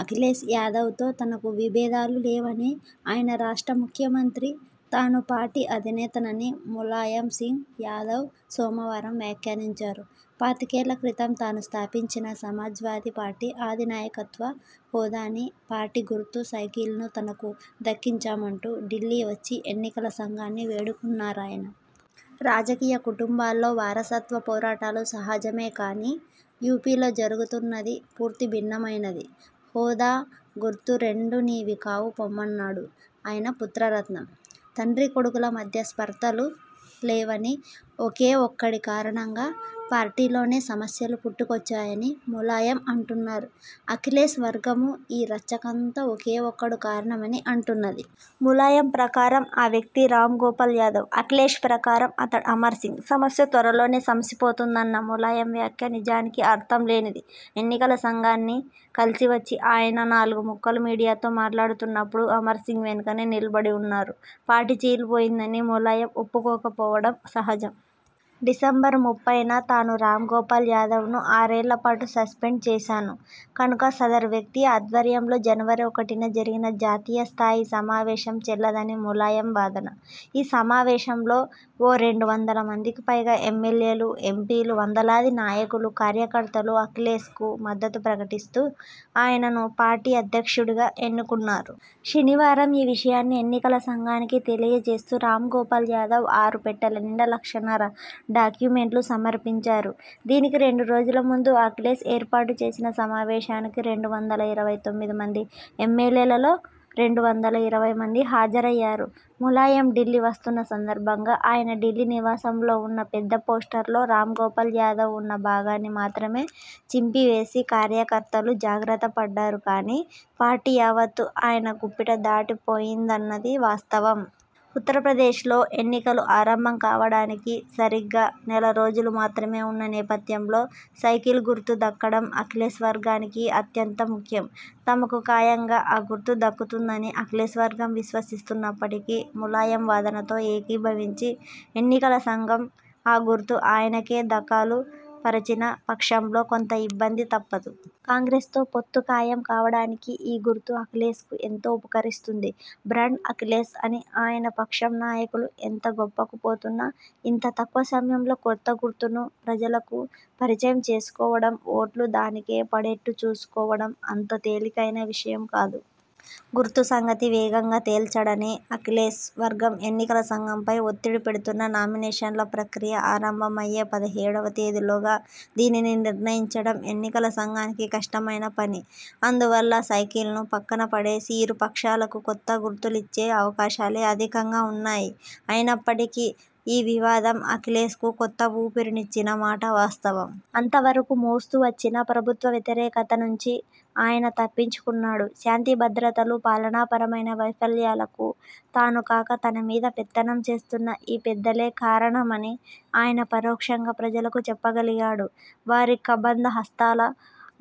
అఖిలేష్ యాదవ్తో తనకు విభేదాలు లేవనీ, ఆయన రాష్ట్ర ముఖ్యమంత్రి, తాను పార్టీ అధినేతనని ములాయం సింగ్ యాదవ్ సోమవారం వ్యాఖ్యానించారు. పాతికేళ్ళ క్రితం తాను స్థాపించిన సమాజ్వాదీ పార్టీ అధినాయకత్వ హోదానీ, పార్టీ గుర్తు సైకిల్నూ తనకు దక్కించమంటూ ఢిల్లీ వచ్చి ఎన్నికల సంఘాన్ని వేడుకున్నారాయన. రాజకీయ కుటుంబాల్లో వారసత్వ పోరాటాలు సహజమే కానీ, యూపీలో జరుగుతున్నది పూర్తి భిన్నమైనది. హోదా, గుర్తు రెండూ నీవి కావు పొమ్మన్నాడు ఆయన పుత్రరత్నం. తండ్రీకొడుకుల మధ్య స్పర్థలు లేవనీ, ఒకే ఒక్కడి కారణంగా పార్టీలోనే సమస్యలు పుట్టుకొచ్చాయని ములాయం అంటున్నారు. అఖిలేష్ వర్గమూ ఈ రచ్చకంతా ఒకే ఒక్కడు కారణమని అంటున్నది. ములాయం ప్రకారం ఆ వ్యక్తి రామ్గోపాల్ యాదవ్. అఖిలేష్ ప్రకారం అతడు అమర్సింగ్. సమస్య త్వరలోనే సమసిపోతుందన్న ములాయం వ్యాఖ్య నిజానికి అర్థంలేనిది. ఎన్నికల సంఘాన్ని కలిసి వచ్చి ఆయన నాలుగు ముక్కలు మీడియాతో మాట్లాడుతున్నప్పుడు అమర్సింగ్ వెనుకనే నిలబడి ఉన్నారు. పార్టీ చీలిపోయిందని ములాయం ఒప్పుకోక పోవడం సహజం. డిసెంబరు ముప్పైన తాను రామ్గోపాల్ యాదవ్ను ఆరేళ్ళ పాటు సస్పెండు చేశాను కనుక, సదరు వ్యక్తి ఆధ్వర్యంలో జనవరి ఒకటిన జరిగిన జాతీయ స్థాయి సమావేశం చెల్లదని ములాయం వాదన. ఈ సమావేశంలో ఓ రెండు వందల మందికి పైగా ఎమ్మెల్యేలూ, ఎంపీలు, వందలాది నాయకులూ కార్యకర్తలూ అఖిలేష్కు మద్దతు ప్రకటిస్తూ, ఆయనను పార్టీ అధ్యక్షుడిగా ఎన్నుకున్నారు. శనివారం ఈ విషయాన్ని ఎన్నికల సంఘానికి తెలియచేస్తూ రామ్గోపాల్ యాదవ్ ఆరు పెట్టెల నిండా లక్షన్నర డాక్యుమెంట్లు సమర్పించారు. దీనికి రెండు రోజుల ముందు అఖిలేష్ ఏర్పాటుచేసిన సమావేశానికి రెండు వందల ఇరవై తొమ్మిది మంది ఎమ్మెల్యేలలో రెండు వందల ఇరవై మంది హాజరయ్యారు. ములాయం ఢిల్లీ వస్తున్న సందర్భంగా ఆయన ఢిల్లీ నివాసంలో ఉన్న పెద్ద పోస్టర్లో రామ్గోపాల్ యాదవ్ ఉన్న భాగాన్ని మాత్రమే చింపివేసి కార్యకర్తలు జాగ్రత్త పడ్డారు కానీ, పార్టీ యావత్తూ ఆయన గుప్పిట దాటి పోయిందన్నది వాస్తవం. ఉత్తరప్రదేశ్లో ఎన్నికలు ఆరంభం కావడానికి సరిగ్గా నెల రోజులు మాత్రమే ఉన్న నేపథ్యంలో, సైకిల్ గుర్తు దక్కడం అఖిలేష్ వర్గానికి అత్యంత ముఖ్యం. తమకు ఖాయంగా ఆ గుర్తు దక్కుతుందని అఖిలేష్వర్గం విశ్వసిస్తున్నప్పటికీ, ములాయం వాదనతో ఏకీభవించి ఎన్నికల సంఘం ఆ గుర్తు ఆయనకే దఖలు పరచిన పక్షంలో కొంత ఇబ్బంది తప్పదు. కాంగ్రెస్తో పొత్తు ఖాయం కావడానికి ఈ గుర్తు అఖిలేష్కు ఎంతో ఉపకరిస్తుంది. 'బ్రాండ్ అఖిలేష్' అని ఆయన పక్షం నాయకులు ఎంత గొప్పకు పోతున్నా, ఇంత తక్కువ సమయంలో కొత్త గుర్తును ప్రజలకు పరిచయం చేసుకోవడం, ఓట్లు దానికే పడేట్టు చూసుకోవడం అంత తేలికైన విషయం కాదు. గుర్తు సంగతి వేగంగా తేల్చండని అఖిలేష్ వర్గం ఎన్నికల సంఘంపై ఒత్తిడి పెడుతున్నా, నామినేషన్ల ప్రక్రియ ఆరంభమయ్యే పదిహేడువ తేదీలోగా దీనిని నిర్ణయించడం ఎన్నికల సంఘానికి కష్టమైన పని. అందువల్ల, సైకిల్ను పక్కన పడేసి, ఇరు పక్షాలకూ కొత్త గుర్తులిచ్చే అవకాశాలే అధికంగా ఉన్నాయి. అయినప్పటికీ, ఈ వివాదం అఖిలేష్కు కొత్త ఊపిరినిచ్చిన మాట వాస్తవం. అంతవరకూ మోస్తూ వచ్చిన ప్రభుత్వ వ్యతిరేకత నుంచి ఆయన తప్పించుకున్నాడు. శాంతి భద్రతలు, పాలనాపరమైన వైఫల్యాలకు తాను కాక, తనమీద పెత్తనం చేస్తున్న ఈ పెద్దలే కారణమని ఆయన పరోక్షంగా ప్రజలకు చెప్పగలిగాడు. వారి కబంధహస్తాల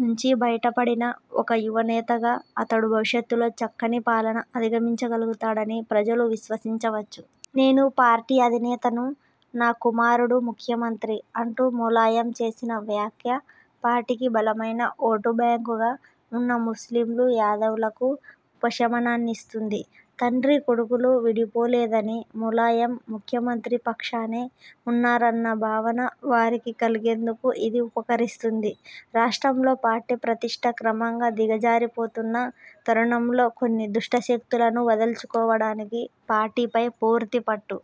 నుంచి బయట పడిన ఒక యువనేతగా అతడు భవిష్యత్తులో చక్కని పాలన అందించగలుగుతాడని ప్రజలు విశ్వసించవచ్చు. నేను పార్టీ అధినేతను, నా కుమారుడు ముఖ్యమంత్రి అంటూ ములాయం చేసిన వ్యాఖ్య పార్టీకి బలమైన ఓటు బ్యాంకుగా ఉన్న ముస్లింలు, యాదవులకు ఉపశమనాన్నిస్తుంది. తండ్రీకొడుకులు విడిపోలేదనీ, ములాయం ముఖ్యమంత్రి పక్షానే ఉన్నారన్న భావన వారికి కలిగేందుకు ఇది ఉపకరిస్తుంది. రాష్ట్రంలో పార్టీ ప్రతిష్ఠ క్రమంగా దిగజారిపోతున్న తరుణంలో కొన్ని దుష్ట శక్తులను వదల్చుకోవడానికీ, పార్టీపై పూర్తి పట్టు